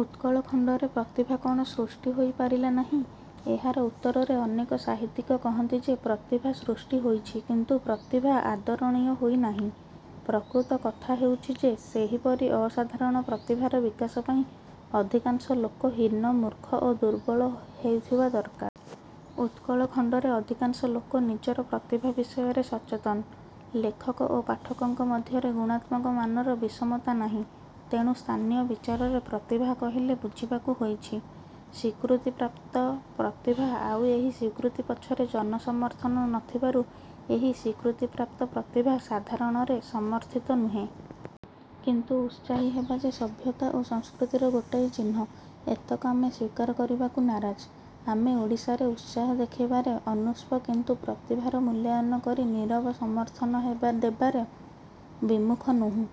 ଉତ୍କଳ ଖଣ୍ତରେ ପ୍ରତିଭା କ'ଣ ସୃଷ୍ଟି ହୋଇ ପାରିଲା ନାହିଁ-? ଏହାର ଉତ୍ତରରେ ଅନେକ ସାହିତ୍ୟିକ କହନ୍ତି ଯେ ପ୍ରତିଭା ସୃଷ୍ଟି ହୋଇଛି କିନ୍ତୁ ପ୍ରତିଭା ଆଦରଣୀୟ ହୋଇ ନାହିଁ। ପ୍ରକୃତ କଥା ହେଉଛି ଯେ ସେହିପରି ଅସାଧାରଣ ପ୍ରତିଭାର ବିକାଶ ପାଇଁ ଅଧିକାଂଶ ଲୋକ ହୀନ, ମୂର୍ଖ ଓ ଦୁର୍ବଳ ହେଇଥିବା ଦରକାର। ଉତ୍କଳ ଖଣ୍ତରେ ଅଧିକାଂଶ ଲୋକ ନିଜର ପ୍ରତିଭା ବିଷୟରେ ସଚେତନ। ଲେଖକ ଓ ପାଠକଙ୍କ ମଧ୍ୟରେ ଗୁଣାତ୍ମକ ମାନର ବିଷମତା ନାହିଁ। ତେଣୁ ସ୍ଥାନୀୟ ବିଚାରରେ ପ୍ରତିଭା କହିଲେ ବୁଝିବାକୁ ହୋଇଛି ସ୍ୱୀକୃତିପ୍ରାପ୍ତ ପ୍ରତିଭା। ଆଉ ଏହି ସ୍ୱୀକୃତି ପଛରେ ଜନ ସମର୍ଥନ ନଥିବାରୁ ଏହି ସ୍ୱୀକୃତିପ୍ରାପ୍ତ ପ୍ରତିଭା ସାଧାରଣରେ ସମର୍ଥିତ ନୁହେଁ। କିନ୍ତୁ ଉତ୍ସାହୀ ହେବା ଯେ ସଭ୍ୟତା ଓ ସଂସ୍କୃତିର ଗୋଟିଏ ଚିହ୍ନ-ଏତକ ଆମେ ସ୍ୱୀକାର କରିବାକୁ ନାରାଜ। ଆମେ ଓଡ଼ିଶାରେ ଉତ୍ସାହ ଦେଖାଇବାରେ ଅନୁଷ୍ଣ କିନ୍ତୁ ପ୍ରତିଭାର ମୂଲ୍ୟାୟନ କରି ନିରବ ସମର୍ଥନ ଦେବାରେ ବିମୁଖ ନୋହୁଁ।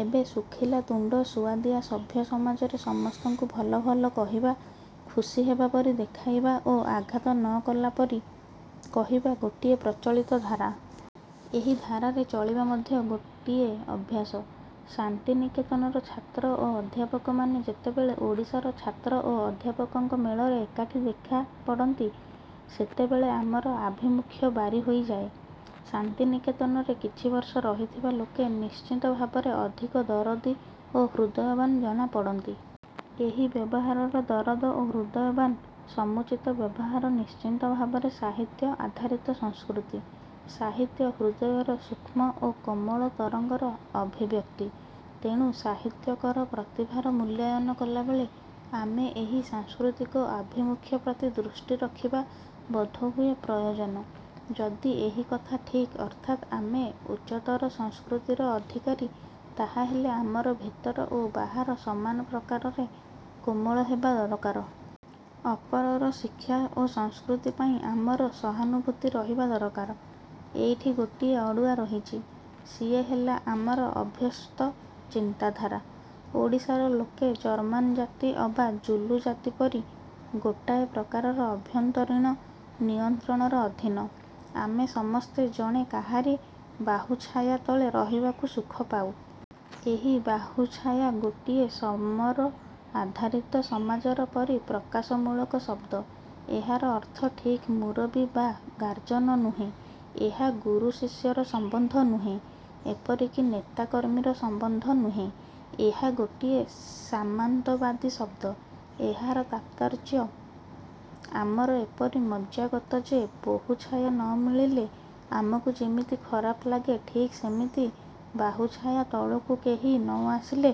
ଏବେ ଶୁଖିଲା ତୁଣ୍ତ-ସୁଆଦିଆ ସଭ୍ୟ ସମାଜରେ ସମସ୍ତଙ୍କୁ ଭଲ-ଭଲ କହିବା, ଖୁସି ହେବା ପରି ଦେଖାଇବା ଓ ଆଘାତ ନ କଲା ପରି କହିବା ଗୋଟିଏ ପ୍ରଚଳିତ ଧାରା। ଏହି ଧାରାରେ ଚଳିବା ମଧ୍ୟ ଗୋଟିଏ ଅଭ୍ୟାସ। ଶାନ୍ତିନିକେତନର ଛାତ୍ର ଓ ଅଧ୍ୟାପକମାନେ ଯେତେବେଳେ ଓଡ଼ିଶାର ଛାତ୍ର ଓ ଅଧ୍ୟାପକଙ୍କ ମେଳରେ ଏକାଠି ଦେଖା ପଡ଼ନ୍ତି ସେତେବେଳେ ଆମର ଆଭିମୁଖ୍ୟ ବାରି ହୋଇଯାଏ-। ଶାନ୍ତିନିକେତନରେ କିଛି ବର୍ଷ ରହିଥିବା ଲୋକେ ନିଶ୍ଚିତ ଭାବରେ ଅଧିକ ଦରଦୀ ଓ ହୃଦୟବାନ ଜଣାପଡ଼ନ୍ତି। ଏହି ବ୍ୟବହାରର ଦରଦ ଓ ହୃଦୟବାନ୍-ସମୁଚିତ ବ୍ୟବହାର ନିଶ୍ଚିତ ଭାବରେ ସାହିତ୍ୟ-ଆଧାରିତ ସଂସ୍କୃତି। ସାହିତ୍ୟ ହୃଦୟର ସୂକ୍ଷ୍ମ ଓ କୋମଳ ତରଙ୍ଗର ଅଭିବ୍ୟକ୍ତି। ତେଣୁ ସାହିତ୍ୟିକର ପ୍ରତିଭାର ମୂଲ୍ୟାୟନ କଲାବେଳେ ଆମେ ଏହି ସାଂସ୍କୃତିକ ଆଭିମୁଖ୍ୟ ପ୍ରତି ଦୃଷ୍ଟି ରଖିବା ବୋଧହୁଏ ପ୍ରୟୋଜନ। ଯଦି ଏହି କଥା ଠିକ୍ ଅର୍ଥାତ୍ ଆମେ ଉଚ୍ଚତର ସଂସ୍କୃତିର ଅଧିକାରୀ ତାହାହେଲେ ଆମର ଭିତର ଓ ବାହାର ସମାନ ପ୍ରକାରରେ କୋମଳ ହେବା ଦରକାର। ଅପରର ଶିକ୍ଷା ଓ ସଂସ୍କୃତି ପାଇଁ ଆମର ସହାନୁଭୂତି ରହିବା ଦରକାର। ଏଇଠି ଗୋଟିଏ ଅଡ଼ୁଆ ରହିଛି-ସିଏ ହେଲା ଆମର ଅଭ୍ୟସ୍ତ ଚିନ୍ତାଧାରା। ଓଡ଼ିଶାର ଲୋକେ ଜର୍ମାନ ଜାତି ଅବା ଜୁଲୁ ଜାତି ପରି ଗୋଟାଏ ପ୍ରକାରର ଆଭ୍ୟନ୍ତରୀଣ ନିୟନ୍ତ୍ରଣର ଅଧୀନ। ଆମେ ସମସ୍ତେ ଜଣେ କାହାରି ବାହୁଛାୟା ତଳେ ରହିବାକୁ ସୁଖ ପାଉ। ଏହି ବାହୁଛାୟା ଗୋଟିଏ ସମର-ଆଧାରିତ ସମାଜର ପରି ପ୍ରକାଶମୂଳକ ଶଦ୍ଦ। ଏହାର ଅର୍ଥ ଠିକ୍ ମୂରବି ବା ଗାର୍ଜନ ନୁହେଁ। ଏହା ଗୁରୁ-ଶିଷ୍ୟର ସମ୍ୱନ୍ଧ ନୁହେଁ। ଏପରିକି ନେତା-କର୍ମୀର ସମ୍ୱନ୍ଧ ନୁହେଁ। ଏହା ଗୋଟିଏ ସାମନ୍ତବାଦୀ ଶଦ୍ଦ। ଏହାର ତାତ୍ପର୍ଯ୍ୟ ଆମର ଏପରି ମଜ୍ଜାଗତ ଯେ ବାହୁଛାୟା ନ ମିଳିଲେ ଆମକୁ ଯେମିତି ଖରାପ ଲାଗେ ଠିକ୍ ସେମିତି ବାହୁଛାୟା ତଳକୁ କେହି ନ ଆସିଲେ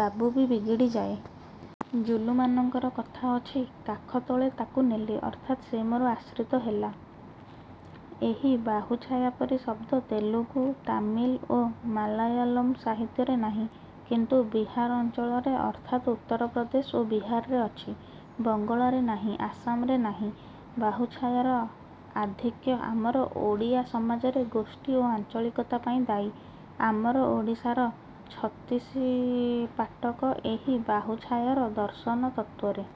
ବାବୁ ବି ବିଗିଡ଼ିଯାଏ। ଜୁଲୁମାନଙ୍କର କଥା ଅଛି-କାଖତଳେ ତା'କୁ ନେଲି। ଅର୍ଥାତ୍ ସେ ମୋର ଆଶ୍ରିତ ହେଲା। ଏହି ବାହୁଛାୟା ପରି ଶଦ୍ଦ ତେଲୁଗୁ, ତାମିଲ ଓ ମାଲୟାଲମ ସାହିତ୍ୟରେ ନାହିଁ। କିନ୍ତୁ ବିହାର ଅଞ୍ଚଳରେ ଅର୍ଥାତ୍ ଉତ୍ତର ପ୍ରଦେଶ ଓ ବିହାରରେ ଅଛି। ବଙ୍ଗଳାରେ ନାହିଁ-ଆସାମରେ ନାହିଁ। ବାହୁଛାୟାର ଆଧିକ୍ୟ ଆମର ଓଡ଼ିଆ ସମାଜରେ ଗୋଷ୍ଠୀ ଓ ଆଞ୍ଚଳିକତା ପାଇଁ ଦାୟୀ-। ଆମର ଓଡ଼ିଶାର ଛତିଶି ପାଟକ ଏହି ବାହୁଛାୟାର ଦର୍ଶନ ତତ୍ତ୍ୱରେ